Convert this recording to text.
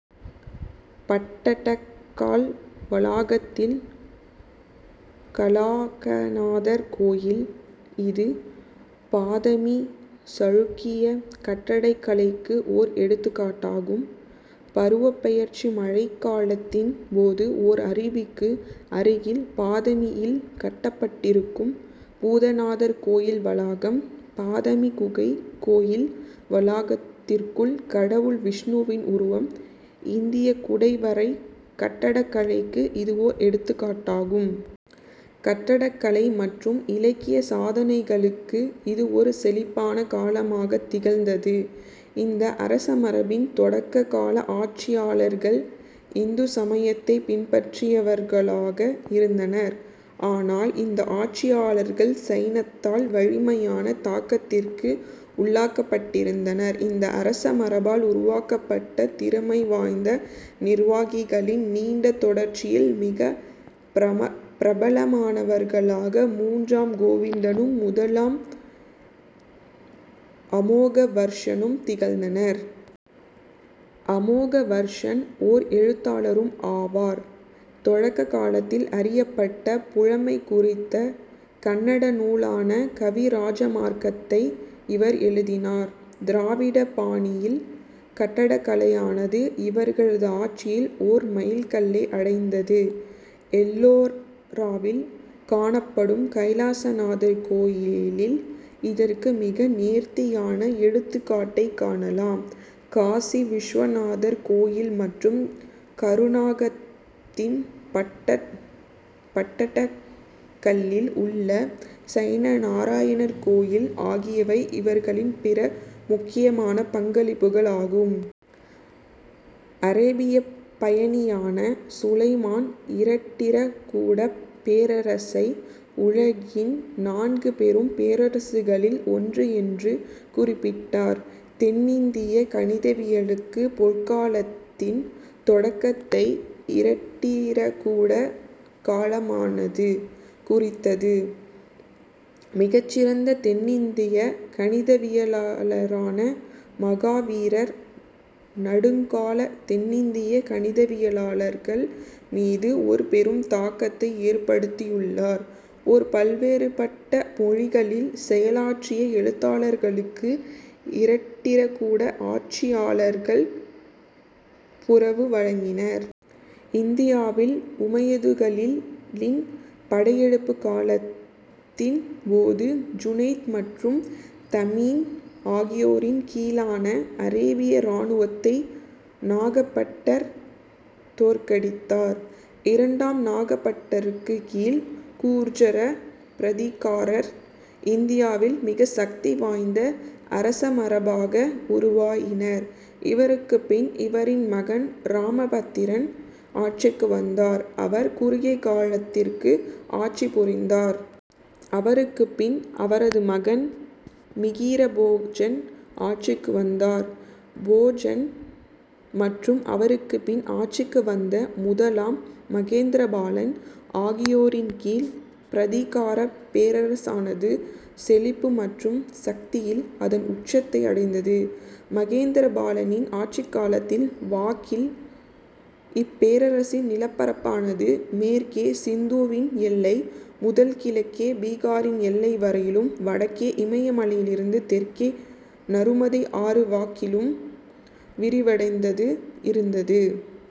பட்டடக்கால் வளாகத்தில் கலாகநாதர் கோயில். இது பாதமி சாளுக்கிய கட்டடக்கலைக்கு ஓர் எடுத்துக்காட்டாகும் பருவப் பெயர்ச்சி மழைக் காலத்தின் போது ஓர் அருவிக்கு அருகில் பாதமியில் கட்டப்பட்டிருக்கும் பூதநாதர் கோயில் வளாகம். பாதாமி குகைக் கோயில் வளாகத்திற்குள் கடவுள் விஷ்ணுவின் உருவம். இந்தியக் குடைவரைக் கட்டடக்கலைக்கு இது ஓர் எடுத்துக்காட்டாகும். கட்டடக் கலை மற்றும் இலக்கியச் சாதனைகளுக்கு இது ஒரு செழிப்பான காலமாகத் திகழ்ந்தது. இந்த அரசமரபின் தொடக்க கால ஆட்சியாளர்கள் இந்து சமயத்தைப் பின்பற்றியவர்களாக இருந்தனர். ஆனால், இந்த ஆட்சியாளர்கள் சைனத்தால் வலிமையான தாக்கத்திற்கு உள்ளாக்கப்பட்டிருந்தனர். இந்த அரசமரபால் உருவாக்கப்பட்ட திறமை வாய்ந்த நிர்வாகிகளின் நீண்ட தொடர்ச்சியில் மிகப் பிரபலமானவர்களாக மூன்றாம் கோவிந்தனும், முதலாம் அமோகவர்சனும் திகழ்ந்தனர். அமோகவர்சன் ஓர் எழுத்தாளரும் ஆவார். தொடக்க காலத்தில் அறியப்பட்ட, புலமை குறித்த கன்னட நூலான கவிராஜமார்க்கத்தை இவர் எழுதினார். திராவிட பாணியில் கட்டடக்கலையானது இவர்களது ஆட்சியில் ஒரு மைல் கல்லை அடைந்தது. எல்லோராவில் காணப்படும் கைலாசநாதர் கோயிலில் இதற்கு மிக நேர்த்தியான எடுத்துக்காட்டைக் காணலாம். காசி விசுவநாதர் கோயில் மற்றும் கருநாகத்தின் பட்டடக்கல்லில் உள்ள சைன நாராயணர் கோயில் ஆகியவை இவர்களின் பிற முக்கியமான பங்களிப்புகள் ஆகும். அரேபியப் பயணியான சுலைமான் இராட்டிரகூடப் பேரரசை உலகின் நான்கு பெரும் பேரரசுகளில் ஒன்று என்று குறிப்பிட்டார். தென்னிந்திய கணிதவியலுக்கு பொற்காலத்தின் தொடக்கத்தை இராட்டிரகூட காலமானது குறித்தது. மிகச் சிறந்த தென்னிந்திய கணிதவியலாளரான மகாவீரர் நடுக்கால தென்னிந்திய கணிதவியலாளர்கள் மீது ஒரு பெரும் தாக்கத்தை ஏற்படுத்தியுள்ளார். ஒரு பல்வேறுபட்ட மொழிகளில் செயலாற்றிய எழுத்தாளர்களுக்கு இராட்டிரகூட ஆட்சியாளர்கள் புரவு வழங்கினர். இந்தியாவில் உமையதுகளின் படையெடுப்புக் காலத்தின் போது ஜுனைத் மற்றும் தமீன் ஆகியோரின் கீழான அரேபிய இராணுவத்தை நாகபட்டர் தோற்கடித்தார். இரண்டாம் நாகபட்டருக்குக் கீழ் கூர்ஜர-பிரதிகாரர் இந்தியாவில் மிக சக்தி வாய்ந்த அரசமரபாக உருவாயினர். இவருக்குப்பின் இவரின் மகன் இராமபத்திரன் ஆட்சிக்கு வந்தார். அவர் குறுகிய காலத்திற்கு ஆட்சி புரிந்தார். அவருக்குப் பின் அவரது மகன் மிகிர போஜன் ஆட்சிக்கு வந்தார். போஜன் மற்றும் அவருக்கு பின் ஆட்சிக்கு வந்த முதலாம் மகேந்திரபாலன் ஆகியோரின் கீழ் பிரதிகாரப் பேரரசானது செழிப்பு மற்றும் சக்தியில் அதன் உச்சத்தை அடைந்தது. மகேந்திரபாலனின் ஆட்சிக் காலம் வாக்கில் இப்பேரரசின் நிலப்பரப்பானது மேற்கே சிந்துவின் எல்லை முதல் கிழக்கே பீகாரின் எல்லை வரையிலும், வடக்கே இமயமலையிலிருந்து தெற்கே நருமதை ஆறு வாக்கிலும் விரிவடைந்தது இருந்தது.